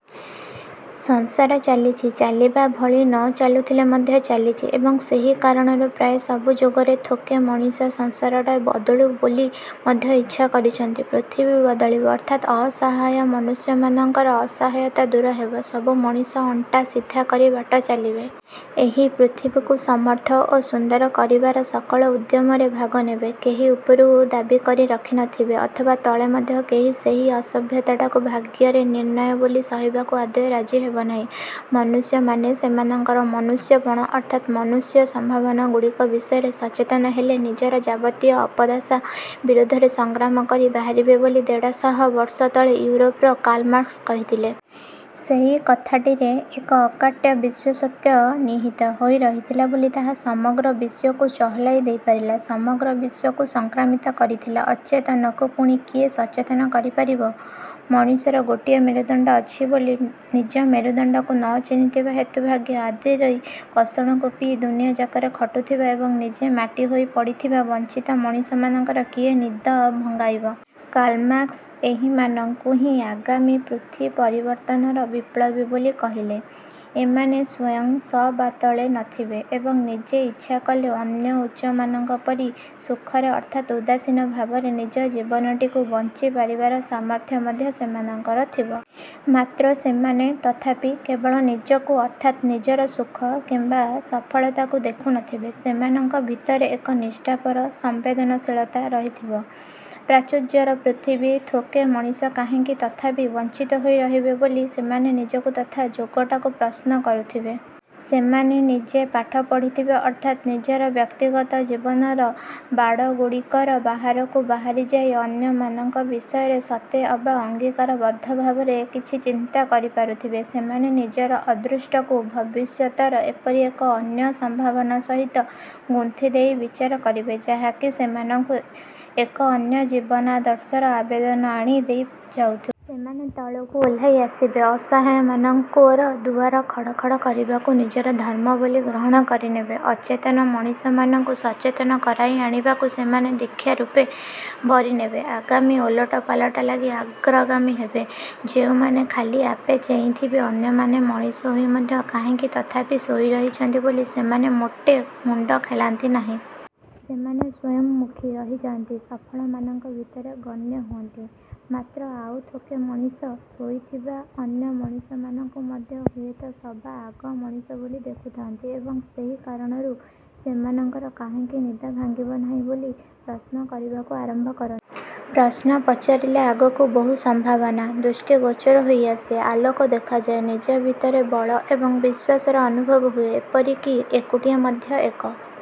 ସଂସାର ଚାଲିଛି। ଚାଲିବା ଭଳି ନ ଚାଲୁଥିଲେ ମଧ୍ୟ ଚାଲିଛି। ଏବଂ ସେହି କାରଣରୁ ପ୍ରାୟ ସବୁ ଯୁଗରେ ଥୋକେ ମଣିଷ ସଂସାରଟା ବଦଳୁ ବୋଲି ମଧ୍ୟ ଇଚ୍ଛା କରିଛନ୍ତି। ପୃଥିବୀ ବଦଳିବ ଅର୍ଥାତ୍ ଅସହାୟ ମନୁଷ୍ୟ ମାନଙ୍କର ଅସହାୟତା ଦୂର ହେବ। ସବୁ ମଣିଷ ଅଣ୍ଟା ସିଧା କରି ବାଟ ଚାଲିବେ। ଏହି ପୃଥିବୀକୁ ସମର୍ଥ ଓ ସୁନ୍ଦର କରିବାର ସକଳ ଉଦ୍ୟମରେ ଭାଗ ନେବେ। କେହି ଉପରୁ ଦାବିକରି ରଖି ନଥିବ-। ଅଥବା ତଳେ ମଧ୍ୟ କେହି ସେହି ଅସଭ୍ୟତାଟାକୁ ଭାଗ୍ୟର ନିର୍ଣ୍ଣୟ ବୋଲି ସହିବାକୁ ଆଦୌ ରାଜି ହେବନାହିଁ। ମନୁଷ୍ୟମାନେ ସେମାନଙ୍କର ମନୁଷ୍ୟପଣ ଅର୍ଥାତ୍ ମନୁଷ୍ୟ ସମ୍ଭାବନାଗୁଡ଼ିକ ବିଷୟରେ ସଚେତନ ହେଲେ ନିଜର ଯାବତୀୟ ଅପଦଶା ବିରୋଧରେ ସଂଗ୍ରାମ କରି ବାହାରିବେ ବୋଲି ଦେଢ଼ଶହ ବର୍ଷ ତଳେ ଇଉରୋପରେ କାର୍ଲ୍ ମାର୍କ୍ସ କହିଥିଲେ। ସେହି କଥାଟିରେ ଏକ ଅକାଟ୍ୟ ବିଶ୍ୱସତ୍ୟ ନିହିତ ହୋଇ ରହିଥିଲା ବୋଲି ତାହା ସମଗ୍ର ବିଶ୍ୱକୁ ଚହଲାଇ ଦେଇପାରିଲା। ସମଗ୍ର ବିଶ୍ୱକୁ ସଂକ୍ରାମିତ କରିଥିଲା। ଅଚେତନକୁ ପୁଣି କିଏ ସଚେତନ କରି ପାରିବ? ମଣିଷର ଗୋଟିଏ ମେରୁଦଣ୍ଡ ଅଛି ବୋଲି ନିଜ ମେରୁଦଣ୍ଡକୁ ନ ଚିହ୍ନିଥିବା ହେତୁ ଭାଗ୍ୟ ଆଦରି କଷଣକୁ ପିଇ ଦୁନିଆଯାକର ଖଟୁଥିବା ଏବଂ ନିଜେ ମାଟି ହୋଇ ପଡ଼ିଥିବା ବଞ୍ଚିତ ମଣିଷମାନଙ୍କର କିଏ ନିଦ ଭଙ୍ଗାଇବ? କାର୍ଲ୍ ମାର୍କ୍ସ ଏହିମାନଙ୍କୁ ହିଁ ଆଗାମୀ ପୃଥ୍ୱୀ-ପରିବର୍ତ୍ତନର ବିପ୍ଲବୀ ବୋଲି କହିଲେ। ଏମାନେ ସ୍ୱୟଂ ସବାତଳେ ନଥିବେ। ଏବଂ ନିଜେ ଇଚ୍ଛା କଲେ ଅନ୍ୟ ଉଚ୍ଚ ମାନଙ୍କ ପରି ସୁଖରେ ଅର୍ଥାତ୍ ଉଦାସୀନ ଭାବରେ ନିଜ ଜୀବନଟିକୁ ବଞ୍ଚି ପାରିବାର ସାମର୍ଥ୍ୟ ମଧ୍ୟ ସେମାଙ୍କର ଥିବ। ମାତ୍ର, ସେମାନେ ତଥାପି କେବଳ ନିଜକୁ ଅର୍ଥାତ୍ ନିଜର ସୁଖ କିମ୍ବା ସଫଳତାକୁ ଦେଖୁ ନଥିବେ। ସେମାନଙ୍କ ଭିତରେ ଏକ ନିଷ୍ଠାପର ସମ୍ବେଦନଶୀଳତା ରହିଥିବ। ପ୍ରାଚୁର୍ଯ୍ୟର ପୃଥିବୀରେ ଥୋକେ ମଣିଷ କାହିଁକି ତଥାପି ବଞ୍ଚିତ ହୋଇ ରହିବେ ବୋଲି ସେମାନେ ନିଜକୁ ତଥା ଯୁଗଟାକୁ ପ୍ରଶ୍ନ କରୁଥିବେ। ସେମାନେ ନିଜେ ପାଠ ପଢ଼ିଥିବେ ଅର୍ଥାତ୍ ନିଜର ବ୍ୟକ୍ତିଗତ ଜୀବନର ବାଡ଼ଗୁଡ଼ିକର ବାହାରକୁ ବାହାରିଯାଇ ଅନ୍ୟ ମାନଙ୍କ ବିଷୟରେ ସତେ ଅବା ଅଙ୍ଗୀକାରବଦ୍ଧ ଭାବରେ କିଛି ଚିନ୍ତା କରିପାରୁଥିବେ। ସେମାନେ ନିଜର ଅଦୃଷ୍ଟକୁ ଭବିଷ୍ୟତର ଏପରି ଏକ ଅନ୍ୟ ସମ୍ଭାବନା ସହିତ ଗୁନ୍ଥିଦେଇ ବିଚାର କରିବେ, ଯାହାକି ସେମାନଙ୍କୁ ଏକ ଅନ୍ୟ ଜୀବନାଦର୍ଶର ଆବେଦନ ଆଣି ଦେଇ ଯାଉଥିବ। ସେମାନେ ତଳକୁ ଓହ୍ଲାଇ ଆସିବେ। ଅସହାୟମାନଙ୍କର ଦୁଆର ଖଡ଼ ଖଡ଼ କରିବାକୁ ନିଜର ଧର୍ମ ବୋଲି ଗ୍ରହଣ କରିନେବେ। ଅଚେତନ ମଣିଷମାନଙ୍କୁ ସଚେତନ କରାଇ ଆଣିବାକୁ ସେମାନେ ଦୀକ୍ଷାରୂପେ ବରିନେବେ। ଆଗାମୀ ଓଲଟପାଲଟ ଲାଗି ଅଗ୍ରଗାମୀ ହେବେ। ଯେଉଁମାନେ ଖାଲି ଆପେ ଚେଇଁଥାନ୍ତି, ଅନ୍ୟମାନେ ମଣିଷ ହୋଇ ମଧ୍ୟ କାହିଁକି ତଥାପି ଶୋଇ ରହିଛନ୍ତି ବୋଲି ସେମାନେ ମୋଟେ ମୁଣ୍ଡ ଖେଳାନ୍ତି ନାହିଁ। ସେମାନେ ସ୍ୱୟଂମୁଖୀ ରହିଯାଆନ୍ତି, ସଫଳମାନଙ୍କ ଭିତରେ ଗଣ୍ୟ ହୁଅନ୍ତି। ମାତ୍ର ଆଉ ଥୋକେ ମଣିଷ ଶୋଇଥିବା ଅନ୍ୟ ମଣିଷ ମାନଙ୍କୁ ମଧ୍ୟ ହୁଏତ ସବା ଆଗ ମଣିଷ ବୋଲି ଦେଖୁଥାନ୍ତି ଏବଂ ସେହି କାରଣରୁ ସେମାନଙ୍କର କାହିଁକି ନିଦ ଭାଙ୍ଗିବା ନାହିଁ ବୋଲି ପ୍ରଶ୍ନ କରିବାକୁ ଆରମ୍ଭ କରନ୍ତି। ପ୍ରଶ୍ନ ପଚାରିଲେ ଆଗକୁ ବହୁ ସମ୍ଭାବନା ଦୃଷ୍ଟିଗୋଚର ହୋଇ ଆସେ। ଆଲୋକ ଦେଖାଯାଏ। ନିଜ ଭିତରେ ବଳ ଏବଂ ବିଶ୍ୱାସର ଅନୁଭବ ହୁଏ। ଏପରିକି ଏକୁଟିଆ ମଧ୍ୟ ଏକ